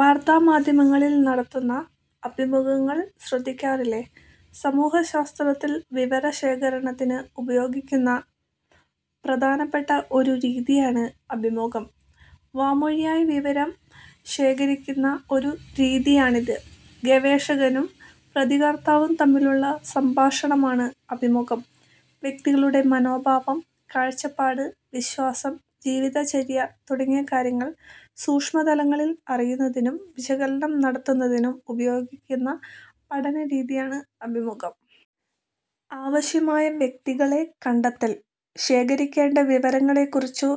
വാർത്താമാധ്യമങ്ങളിൽ നടത്തപ്പെടുന്ന അഭിമുഖങ്ങൾ ശ്രദ്ധിക്കാറില്ലേ. സമൂഹശാസ്ത്രത്തിൽ വിവരശേഖരണത്തിന് ഉപയോഗിക്കുന്ന പ്രധാനപ്പെട്ട ഒരു രീതിയാണ് അഭിമുഖം. വാമൊഴിയായി വിവരം ശേഖരിക്കുന്ന ഒരു രീതിയാണിത്. ഗവേഷകനും പ്രതികർത്താവും തമ്മിലുള്ള സംഭാഷണമാണ് അഭിമുഖം. വ്യക്തികളുടെ മനോഭാവം, കാഴ്ചപ്പാട്, വിശ്വാസം, ജീവിതചര്യ തുടങ്ങിയ കാര്യങ്ങൾ സൂക്ഷ്മതലങ്ങളിൽ അറിയുന്നതിനും വിശകലനം നടത്തുന്നതിനും ഉപയോഗിക്കുന്ന പഠനരീതിയാണ് അഭിമുഖം. ആവശ്യമായ വ്യക്തികളെ കണ്ടെത്തൽ. ശേഖരിക്കേണ്ട വിവരങ്ങളെക്കുറിച്ചു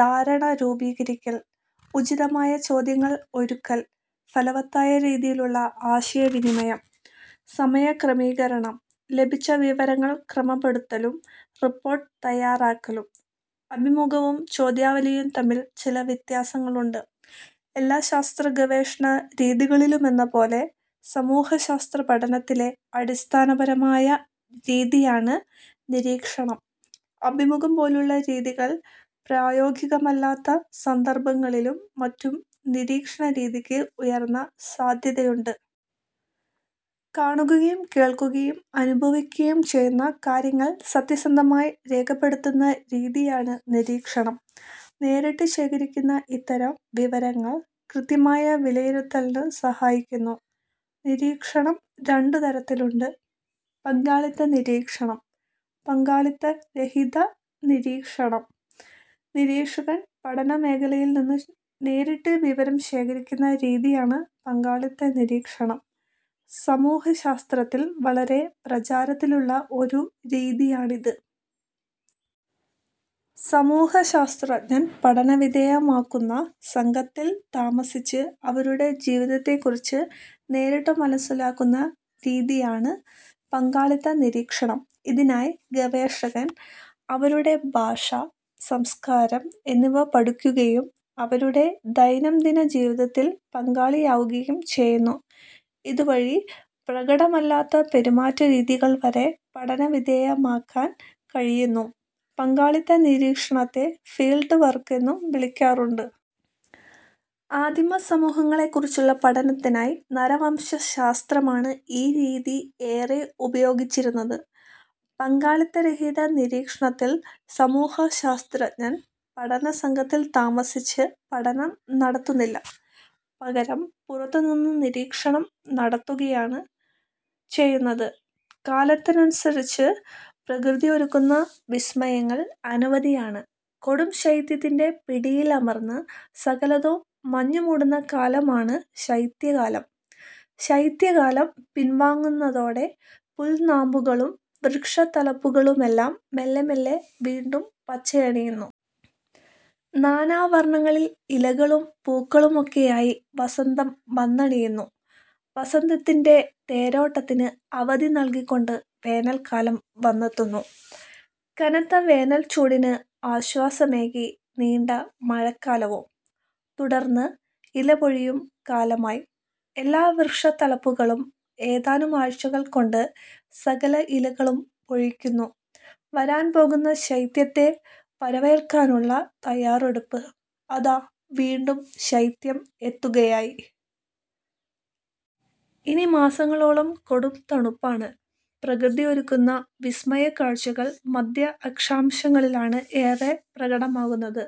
ധാരണ രൂപീകരിക്കൽ. ഉചിതമായ ചോദ്യങ്ങൾ ഒരുക്കൽ. ഫലവത്തായ രീതിയിലുള്ള ആശയവിനിമയം. സമയക്രമീകരണം. ലഭിച്ച വിവരങ്ങൾ ക്രമപ്പെടുത്തലും റിപ്പോർട്ട് തയാറാക്കലും. അഭിമുഖവും ചോദ്യാവലിയും തമ്മിൽ ചില വ്യത്യാസങ്ങളുണ്ട്. എല്ലാ ശാസ്ത്രഗവേഷണ രീതികളിലുമെന്നപോലെ സമൂഹശാസ്ത്ര പഠനത്തിലെ അടിസ്ഥാനപരമായ രീതിയാണ് നിരീക്ഷണം. അഭിമുഖം പോലുള്ള രീതികൾ പ്രായോഗികമല്ലാത്ത സന്ദർഭങ്ങളിലും മറ്റും നിരീക്ഷണരീതിക്ക് ഉയർന്ന സാധ്യതയുണ്ട്. കാണുകയും കേൾക്കുകയും അനുഭവിക്കുകയും ചെയ്യുന്ന കാര്യങ്ങൾ സത്യസന്ധമായി രേഖപ്പെടുത്തുന്ന രീതിയാണ് നിരീക്ഷണം. നേരിട്ട് ശേഖരിക്കുന്ന ഇത്തരം വിവരങ്ങൾ കൃത്യമായ വിലയിരുത്തലിന് സഹായിക്കുന്നു. നിരീക്ഷണം രണ്ടു തരത്തിലുണ്ട്.. പങ്കാളിത്ത നിരീക്ഷണം. പങ്കാളിത്തരഹിതനിരീക്ഷണം നിരീക്ഷകൻ പഠനമേഖലയിൽനിന്നു നേരിട്ട് വിവരം ശേഖരിക്കുന്ന രീതിയാണ് പങ്കാളിത്തനിരീക്ഷണം. സമൂഹശാസ്ത്രത്തിൽ വളരെ പ്രചാരത്തിലുള്ള ഒരു രീതിയാണിത്. സമൂഹശാസ്ത്രജ്ഞൻ പഠനവിധേയമാക്കുന്ന സംഘത്തിൽ താമസിച്ച് അവരുടെ ജീവിതത്തെക്കുറിച്ച് നേരിട്ട് മനസ്സിലാക്കുന്ന രീതിയാണ് പങ്കാളിത്തനിരീക്ഷണം. ഇതിനായി ഗവേഷകൻ അവരുടെ ഭാഷ, സംസ്കാരം എന്നിവ പഠിക്കുകയും അവരുടെ ദൈനംദിന ജീവിതത്തിൽ പങ്കാളിയാവുകയും ചെയ്യുന്നു. ഇതുവഴി പ്രകടമല്ലാത്ത പെരുമാറ്റരീതികൾ വരെ പഠനവിധേയമാക്കാൻ കഴിയുന്നു. പങ്കാളിത്തനിരീക്ഷണത്തെ ഫീൽഡ് വർക്ക് എന്നും വിളിക്കാറുണ്ട്. ആദിമ സമൂഹങ്ങളെക്കുറിച്ചുള്ള പഠനത്തിനായി നരവംശശാസ്ത്രമാണ് ഈ രീതി ഏറെ ഉപയോഗിച്ചിരുന്നത്. പങ്കാളിത്തരഹിത നിരീക്ഷണത്തിൽ സമൂഹശാസ്ത്രജ്ഞൻ പഠനസംഘത്തിൽ താമസിച്ച് പഠനം നടത്തുന്നില്ല. പകരം പുറത്തുനിന്ന് നിരീക്ഷണം നടത്തുകയാണ് ചെയ്യുന്നത്. കാലത്തിനനുസരിച്ച് പ്രകൃതി ഒരുക്കുന്ന വിസ്മയങ്ങൾ അനവധിയാണ്. കൊടും ശൈത്യത്തിന്റെ പിടിയിലമർന്ന് സകലതും മഞ്ഞുമൂടുന്ന കാലമാണ് ശൈത്യകാലം, ശൈത്യകാലം പിൻവാങ്ങുന്നതോടെ പുൽനാമ്പുകളും വൃക്ഷത്തലപ്പുകളുമെല്ലാം മെല്ലെ വീണ്ടും പച്ചപ്പണിയുന്നു. നാനാവർണങ്ങളിൽ ഇലകളും പൂക്കളുമൊക്കെയായി വസന്തം വന്നണയുന്നു. വസന്തത്തിന്റെ തേരോട്ടത്തിന് അവധി നൽകിക്കൊണ്ട് വേനൽക്കാലം വന്നെത്തുന്നു. കനത്ത വേനൽചൂടിന് ആശ്വാസമേകി നീണ്ട മഴക്കാലവും. തുടർന്ന് ഇലപൊഴിയും കാലമായി. എല്ലാ വൃക്ഷത്തലപ്പുകളും ഏതാനും ആഴ്ചകൾ കൊണ്ട് സകല ഇലകളും പൊഴിക്കുന്നു; വരാൻ പോകുന്ന ശൈത്യത്തെ വരവേൽക്കാനുള്ള തയാറെടുപ്പ്. അതാ വീണ്ടും ശൈത്യം എത്തുകയായി. ഇനി മാസങ്ങളോളം കൊടും തണുപ്പാണ്. പ്രകൃതി ഒരുക്കുന്ന ഈ വിസ്മയക്കാഴ്ചകൾ മധ്യ അക്ഷാംശങ്ങളിലാണ് ഏറെ പ്രകടമാകുന്നത്.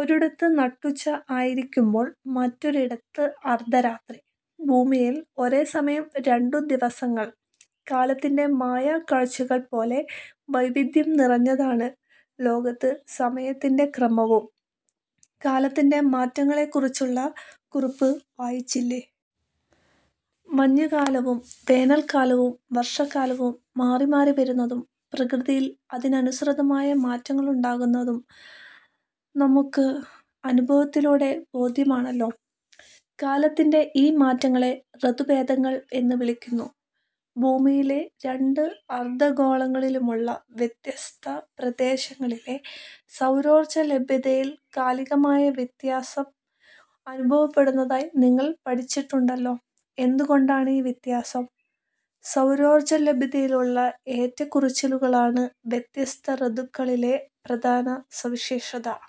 ഒരിടത്ത് നട്ടുച്ച ആയിരിക്കുമ്പോൾ മറ്റൊരിടത്ത് അർധരാത്രി. ഭൂമിയിൽ ഒരേസമയം രണ്ടു ദിവസങ്ങൾ കാലത്തിന്റെ മായക്കാഴ്ചകൾ പോലെ വൈവിധ്യം നിറഞ്ഞതാണ് ലോകത്ത് സമയത്തിന്റെ ക്രമവും. കാലത്തിന്റെ മാറ്റങ്ങളെക്കുറിച്ചുള്ള കുറിപ്പ് വായിച്ചില്ലേ. മഞ്ഞുകാലവും വേനൽക്കാലവും വർഷകാലവും മാറിമാറി വരുന്നതും പ്രകൃതിയിൽ അതിനനുസൃതമായ മാറ്റങ്ങളുണ്ടാകുന്നതും നമുക്ക് അനുഭവത്തിലൂടെ ബോധ്യമാണല്ലോ. കാലത്തിന്റെ ഈ മാറ്റങ്ങളെ ഋതുഭേദങ്ങൾ എന്നു വിളിക്കുന്നു. ഭൂമിയിലെ രണ്ട് അർധഗോളങ്ങളിലുമുള്ള വ്യത്യസ്ത പ്രദേശങ്ങളിലെ സൗരോർജ ലഭ്യതയിൽ കാലികമായ വ്യത്യാസം അനുഭവപ്പെടുന്നതായി നിങ്ങൾ പഠിച്ചിട്ടുണ്ടല്ലോ. എന്തുകൊണ്ടാണീ വ്യത്യാസം? സൗരോർജലഭ്യതയിലുള്ള ഏറ്റക്കുറച്ചിലുകളാണ് വ്യത്യസ്ത ഋതുക്കളിലെ പ്രധാന സവിശേഷത.